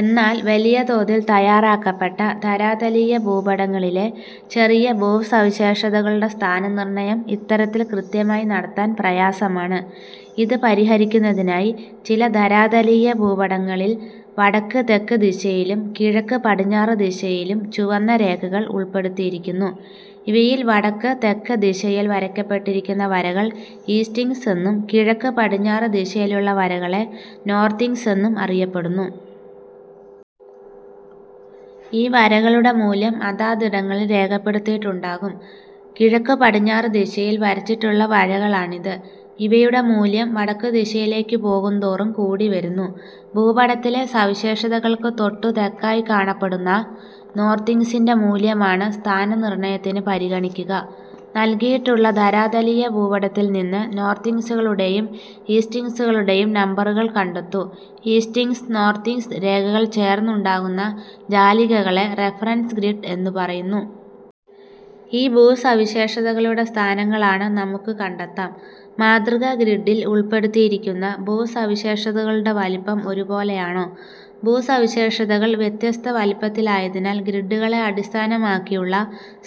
എന്നാൽ വലിയതോതിൽ തയാറാക്കപ്പെട്ട ധരാതലീയ ഭൂപടങ്ങളിലെ ചെറിയ ഭൂസവിശേഷതകളുടെ സ്ഥാനനിർണയം ഇത്തരത്തിൽ കൃത്യമായി നടത്താൻ പ്രയാസമാണ്. ഇത് പരിഹരിക്കുന്നതിനായി ചില ധരാതലീയ ഭൂപടങ്ങളിൽ വടക്ക്-തെക്ക് ദിശയിലും കിഴക്ക് പടിഞ്ഞാറ് ദിശയിലും ചുവന്ന രേഖകൾ ഉൾപ്പെടുത്തിയിരിക്കുന്നു. ഇവയിൽ വടക്ക്-തെക്ക് ദിശയിൽ വരയ്ക്കപ്പെട്ടിരിക്കുന്ന വരകൾ ഈസ്റ്റിങ്സ് എന്നും കിഴക്ക്-പടിഞ്ഞാറ് ദിശയിലുള്ള വരകളെ നോർത്തിങ്സ് എന്നും അറിയപ്പെടുന്നു. ഈ വരകളുടെ മൂല്യം അതതിടങ്ങളിൽ രേഖപ്പെടുത്തിയിട്ടുണ്ടാകും. കിഴക്കുപടിഞ്ഞാറ് ദിശയിൽ വരച്ചിട്ടുള്ള വരകളാണിത്. ഇവയുടെ മൂല്യം വടക്കുദിശയിലേക്കു പോകും തോറും കൂടിവരുന്നു. ഭൂപടത്തിലെ സവിശേഷതകൾക്ക് തൊട്ടു തെക്കായി കാണപ്പെടുന്ന നോർത്തിങ്സിന്റെ മൂല്യമാണ് സ്ഥാനനിർണയത്തിന് പരിഗണിക്കുക. നൽകിയിട്ടുള്ള ധരാതലീയ ഭൂപടത്തിൽ നിന്ന് നോർത്തിങ്സുകളുടെയും ഈസ്റ്റിങ്സുകളുടെയും നമ്പറുകൾ കണ്ടെത്തൂ. ഈസ്റ്റിങ്സ് നോർത്തിങ്സ് രേഖകൾ ചേർന്നുണ്ടാകുന്ന ജാലികകളെ റഫറൻസ് ഗ്രിഡ് എന്നു പറയുന്നു. ഈ ഭൂസവിശേഷതകളുടെ സ്ഥാനങ്ങളാണ് നമുക്ക് കണ്ടെത്താം. മാതൃകാ ഗ്രിഡിൽ ഉൾപ്പെടുത്തിയിരിക്കുന്ന ഭൂസവിശേഷതകളുടെ വലുപ്പം ഒരേപോലെയാണോ? ഭൂസവിശേഷതകൾ വ്യത്യസ്ത വലുപ്പത്തിലായതി നാൽ ഗ്രിഡുകളെ അടിസ്ഥാനമാക്കിയുള്ള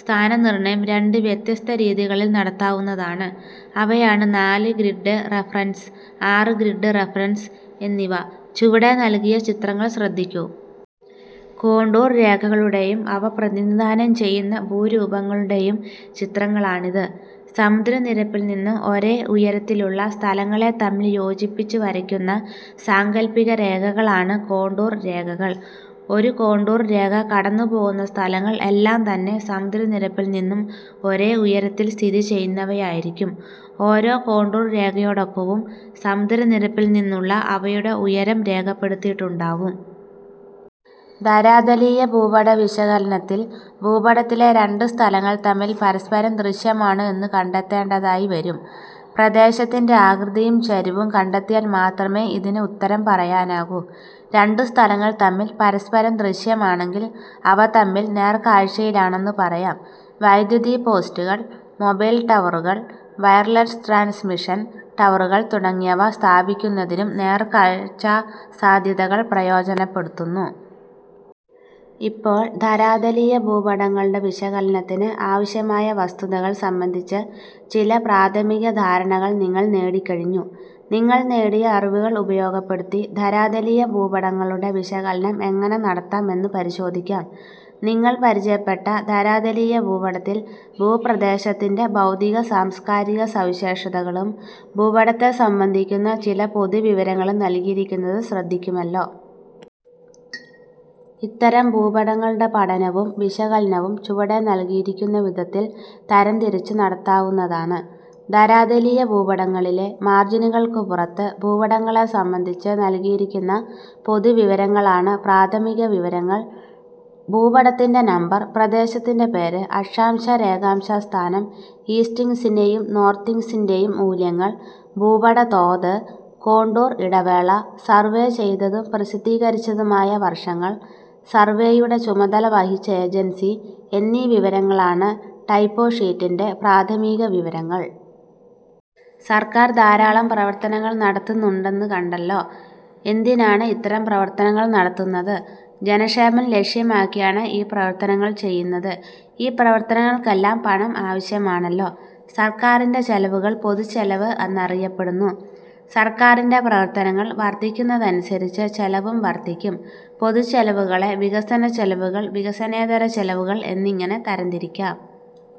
സ്ഥാനനിർണയം രണ്ട് വ്യത്യസ്ത രീതികളിൽ നടത്താവുന്നതാണ്. അവയാണ് നാല് ഗ്രിഡ് റഫറൻസ്, ആറ് ഗ്രിഡ് റഫറൻസ് എന്നിവ. ചുവടെ നൽകിയ ചിത്രങ്ങൾ ശ്രദ്ധിക്കൂ. കോണ്ടൂർ രേഖകളുടെയും അവ പ്രതിനിധാനം ചെയ്യുന്ന ഭൂരൂപങ്ങളുടെയും ചിത്രങ്ങളാണിത്. സമുദ്രനിരപ്പിൽനിന്ന് ഒരേ ഉയരത്തിലുള്ള സ്ഥലങ്ങളെ തമ്മിൽ യോജിപ്പിച്ചുവരയ്ക്കുന്ന സാങ്കൽപ്പികരേഖകളാണ് കോണ്ടൂർ രേഖകൾ. ഒരു കോണ്ടൂർരേഖ കടന്നുപോകുന്ന സ്ഥലങ്ങൾ എല്ലാം തന്നെ സമുദ്രനിരപ്പിൽ നിന്നും ഒരേ ഉയരത്തിൽ സ്ഥിതി ചെയ്യുന്നവയായിരിക്കും. ഓരോ കോണ്ടൂർ രേഖയോടൊപ്പവും സമുദ്ര നിരപ്പിൽനിന്നുള്ള അവയുടെ ഉയരം രേഖപ്പെടുത്തിയിട്ടുണ്ടാവും. ധരാതലീയ ഭൂപടവിശകലനത്തിൽ ഭൂപടത്തിലെ രണ്ടു സ്ഥലങ്ങൾ തമ്മിൽ പരസ്പരം ദൃശ്യമാണോ എന്നു കണ്ടെത്തേണ്ടതായി വരും. പ്രദേശത്തിന്റെ ആകൃതിയും ചരിവും കണ്ടെത്തിയാൽ മാത്രമേ ഇതിന് ഉത്തരം പറയാനാകൂ. രണ്ടു സ്ഥലങ്ങൾ തമ്മിൽ പരസ്പരം ദൃശ്യമാണെങ്കിൽ അവ തമ്മിൽ നേർക്കാഴ്ചയിലാണെന്നു പറയാം. വൈദ്യുതി പോസ്റ്റുകൾ, മൊബൈൽ ടവറുകൾ, വയർലെസ് ട്രാൻസ്മിഷൻ ടവറുകൾ തുടങ്ങിയവ സ്ഥാപിക്കുന്നതിനും നേർക്കാഴ്ചാസാധ്യതകൾ പ്രയോജനപ്പെടുത്തുന്നു. ഇപ്പോൾ ധരാതലീയ ഭൂപടങ്ങളുടെ വിശകലനത്തിന് ആവശ്യമായ വസ്തുതകൾ സംബന്ധിച്ച് ചില പ്രാഥമിക ധാരണകൾ നിങ്ങൾ നേടിക്കഴിഞ്ഞു. നിങ്ങൾ നേടിയ അറിവുകൾ ഉപയോഗപ്പെടുത്തി ധരാതലീയ ഭൂപടങ്ങളുടെ വിശകലനം എങ്ങനെ നടത്താം എന്ന് പരിശോധിക്കാം. നിങ്ങൾ പരിചയപ്പെട്ട ധരാതലീയ ഭൂപടത്തിൽ ഭൂപ്രദേശത്തിന്റെ ഭൗതിക-സാംസ്കാരിക സവിശേഷതകളും ഭൂപടത്തെ സംബന്ധിക്കുന്ന ചില പൊതുവിവരങ്ങളും നൽകിയിരിക്കുന്നത് ശ്രദ്ധിക്കുമല്ലോ. ഇത്തരം ഭൂപടങ്ങളുടെ പഠനവും വിശകലനവും ചുവടെ നൽകിയിരിക്കുന്ന വിധത്തിൽ തരംതിരിച്ച് നടത്താവുന്നതാണ്. ധരാതലീയ ഭൂപടങ്ങളിലെ മാർജിനുകൾക്കു പുറത്ത് ഭൂപടങ്ങളെ സംബന്ധിച്ച് നൽകിയിരിക്കുന്ന പൊതുവിവരങ്ങളാണ് പ്രാഥമികവിവരങ്ങൾ. ഭൂപടത്തിന്റെ നമ്പർ, പ്രദേശത്തിന്റെ പേര്, അക്ഷാംശ രേഖാംശസ്ഥാനം, ഈസ്റ്റിങ്സിന്റെയും നോർത്തിങ്സിന്റെയും മൂല്യങ്ങൾ, ഭൂപടതോത്, കോണ്ടൂർ ഇടവേള, സർവേ ചെയ്തതും പ്രസിദ്ധീകരിച്ചതുമായ വർഷങ്ങൾ, സർവേയുടെ ചുമതല വഹിച്ച ഏജൻസി എന്നീ വിവരങ്ങളാണ് ടോപ്പോഷീറ്റിന്റെ പ്രാഥമികവിവരങ്ങൾ. സർക്കാർ ധാരാളം പ്രവർത്തനങ്ങൾ നടത്തുന്നുണ്ടെന്നു കണ്ടല്ലോ. എന്തിനാണ് ഇത്തരം പ്രവർത്തനങ്ങൾ നടത്തുന്നത്? ജനക്ഷേമം ലക്ഷ്യമാക്കിയാണ് ഈ പ്രവർത്തനങ്ങൾ ചെയ്യുന്നത്. ഈ പ്രവർത്തനങ്ങൾക്കെല്ലാം പണം ആവശ്യമാണല്ലോ. സർക്കാരിന്റെ ചെലവുകൾ പൊതുചെലവ് എന്ന് അറിയപ്പെടുന്നു. സർക്കാരിന്റെ പ്രവർത്തനങ്ങൾ വർധിക്കുന്നതനുസരിച്ച് ചെലവും വർധിക്കും. പൊതുചെലവുകളെ വികസനച്ചെലവുകൾ, വികസനേതര ചെലവുകൾ എന്നിങ്ങനെ തരം തിരിക്കാം.